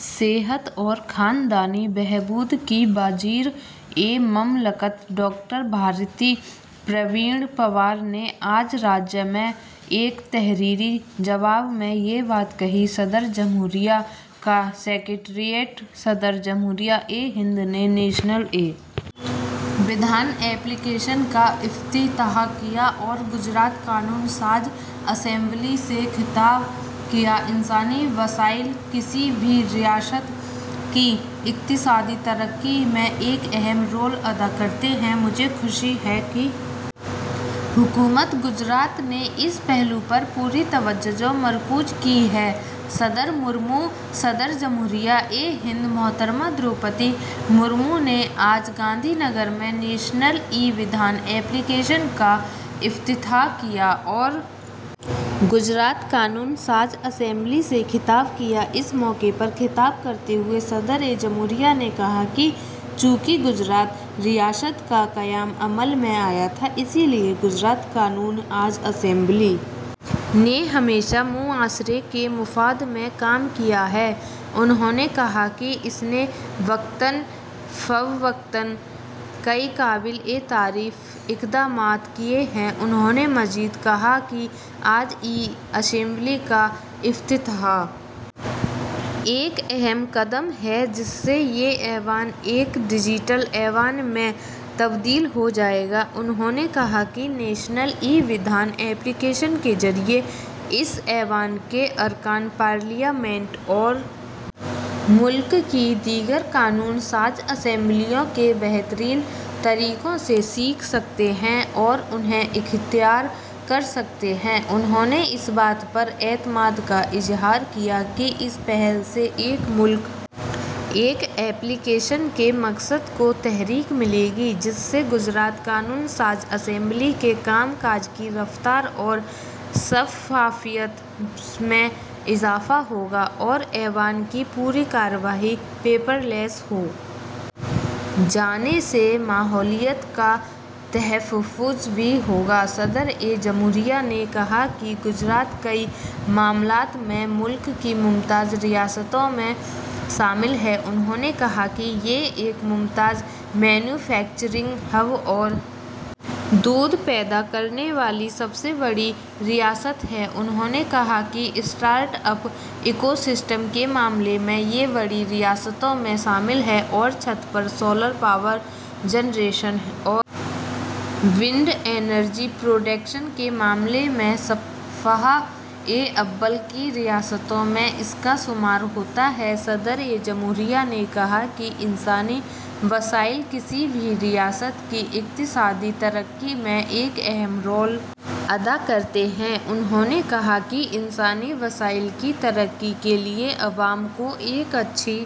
صحت اور خاندانی بہبود کی وزیر مملکت ڈاکٹر بھارتی پروین پوار نے آج راجیہ سبھا میں ایک تحریری جواب میں یہ بات کہی صدر جمہوریہ کا سکریٹریٹ صدر جمہوریہ ہند نے نیشنل ای ودھان ایپلی کیشن کا افتتاح کیا اور گجرات قانون ساز اسمبلی سے خطاب کیا انسانی وسائل کسی بھی ریاست کی اقتصادی ترقی میں ایک اہم رول ادا کرتے ہیں مجھے خوشی ہے کہ حکومت گجرات نے اس پہلو پر پوری توجہ مرکوز کی ہے صدر مرمو صدر جمہوریہ ہند محترمہ دروپدی مرمو نے آج گاندھی نگر میں نیشنل ای ودھان ایپلی کیشن کا افتتاح کیا اور گجرات قانون ساز اسمبلی سے خطاب کیا اس موقع پر خطاب کرتے ہوئے صدر جمہوریہ نے کہا کہ چونکہ گجرات ریاست کا قیام عمل میں آیا تھا اس لیے گجرات قانون ساز اسمبلی نے ہمیشہ معاشرے کے مفاد میں کام کیا ہے انہوں نے کہا کہ اس نے وقتاً فوقتاً کئی قابل تعریف اقدامات کیے ہیں انہوں نے مزید کہا کہ آج ای اسمبلی کا افتتاح ایک اہم قدم ہے جس سے یہ ایوان ایک ڈیجیٹل ایوان میں تبدیل ہو جائے گا انہوں نے کہا کہ نیشنل ای ودھان ایپلی کیشن کے ذریعے اس ایوان کے ارکان پارلیمنٹ اور ملک کی دیگر قانون ساز اسمبلیوں کے بہترین طریقوں سے سیکھ سکتے ہیں اور انہیں اختیار کر سکتے ہیں انہوں نے اس بات پر اعتماد ظاہر کیا کہ اس پہل سے ایک ملک ایک ایپلی کیشن کے مقصد کو تحریک ملے گی جس سے گجرات قانون ساز اسمبلی کے کام کاج کی رفتار اور شفافیت میں اضافہ ہوگا اور ایوان کی پوری کارروائی پیپر لیس ہو جانے سے ماحولیات کا تحفظ بھی ہوگا صدر جمہوریہ نے کہا کہ گجرات کئی معاملوں میں ملک کی ممتاز ریاستوں میں شامل ہے انہوں نے کہا کہ یہ ایک ممتاز مینوفیکچرنگ ہب اور دودھ پیدا کرنے والی سب سے بڑی ریاست ہے انہوں نے کہا کہ اسٹارٹ اپ ایکو سسٹم کے معاملے میں یہ بڑی ریاستوں میں شامل ہے اور چھت پر سولر پاور جنریشن اور ونڈ انرجی پروڈکشن کے معاملے میں صفحہ اول کی ریاستوں میں اس کا شمار ہوتا ہے صدر جمہوریہ نے کہا کہ انسانی وسائل کسی بھی ریاست کی اقتصادی ترقی میں ایک اہم رول ادا کرتے ہیں انہوں نے کہا کہ انسانی وسائل کی ترقی کے لیے عوام کو ایک اچھی